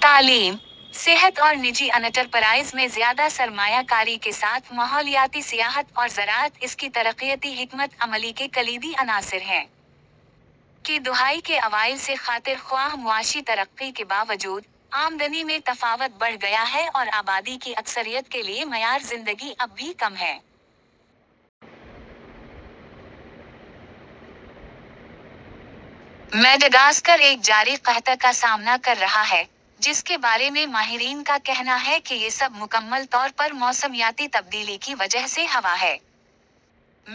تعلیم، صحت اور نجی انٹرپرائز میں زیادہ سرمایہ کاری کے ساتھ ماحولیاتی سیاحت اور زراعت اس کی ترقیاتی حکمت عملی کے کلیدی عناصر ہیں۔ کی دہائی کے اوائل سے خاطر خواہ معاشی ترقی کے باوجود، آمدنی میں تفاوت بڑھ گیا ہے اور آبادی کی اکثریت کے لیے معیار زندگی اب بھی کم ہے۔ مڈغاسکر ایک جاری قحط کا سامنا کر رہا ہے، جس کے بارے میں ماہرین کا کہنا ہے کہ یہ سب مکمل طور پر موسمیاتی تبدیلی کی وجہ سے ہوا ہے۔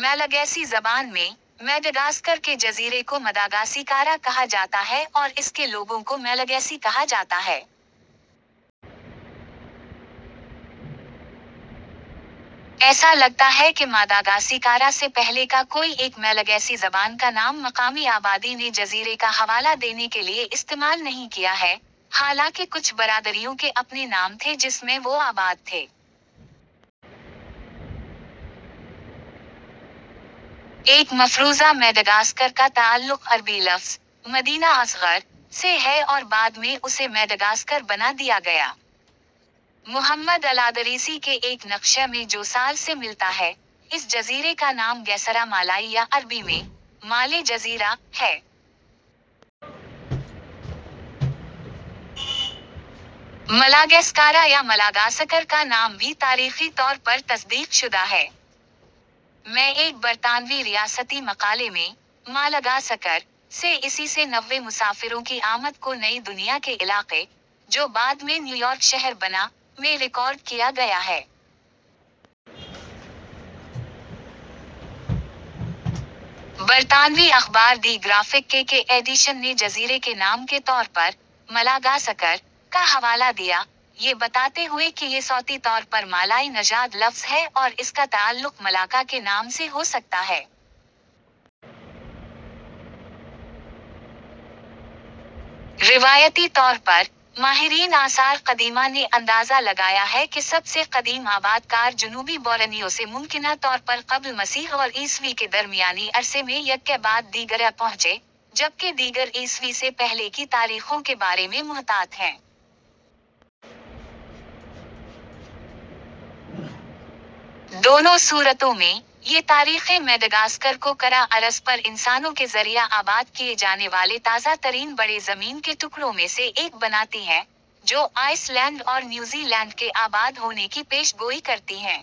ملاگاسی زبان میں، مڈغاسکر کے جزیرے کو مداگاسیکارا کہا جاتا ہے اور اس کے لوگوں کو ملاگاسی کہا جاتا ہے۔ ایسا لگتا ہے کہ ماداگاسیکارا سے پہلے کا کوئی ایک ملاگاسی زبان کا نام مقامی آبادی نے جزیرے کا حوالہ دینے کے لیے استعمال نہیں کیا ہے، حالانکہ کچھ برادریوں کے اپنے نام تھے جس میں وہ آباد تھے۔ ایک مفروضہ مڈغاسکر کا تعلق عربی لفظ "مدینہ اصغر" سے ہے اور بعد میں اسے مڈغاسکر بنا دیا گیا۔ محمد الادریسی کے ایک نقشے میں جو سال سے ملتا ہے، اس جزیرے کا نام گیسرا مالائی یا عربی میں "مالے جزیرہ" ہے۔ ملاگاسکارا یا ملاگاسکر کا نام بھی تاریخی طور پر تصدیق شدہ ہے۔ میں ایک برطانوی ریاستی مقالے میں "مالگاسکر" سے اسّی سے نوے مسافروں کی آمد کو نئی دنیا کے علاقے، جو بعد میں نیویارک شہر بنا، میں ریکارڈ کیا گیا ہے۔ برطانوی اخبار دی گرافک کے کے ایڈیشن نے جزیرے کے نام کے طور پر "ملاگاسکر" کا حوالہ دیا، یہ بتاتے ہوئے کہ یہ صوتی طور پر مالائی نژاد لفظ ہے اور اس کا تعلق ملاکا کے نام سے ہو سکتا ہے۔ روایتی طور پر، ماہرین آثار قدیمہ نے اندازہ لگایا ہے کہ سب سے قدیم آباد کار جنوبی بورنیو سے ممکنہ طور پر قبل مسیح اور عیسوی کے درمیانی عرصے میں یکے بعد دیگرے پہنچے، جبکہ دیگر عیسوی سے پہلے کی تاریخوں کے بارے میں محتاط ہیں۔ دونوں صورتوں میں، یہ تاریخیں مڈغاسکر کو کرۂ ارض پر انسانوں کے ذریعہ آباد کیے جانے والے تازہ ترین بڑے زمین کے ٹکڑوں میں سے ایک بناتی ہیں، جو آئس لینڈ اور نیوزی لینڈ کے آباد ہونے کی پیش گوئی کرتی ہیں۔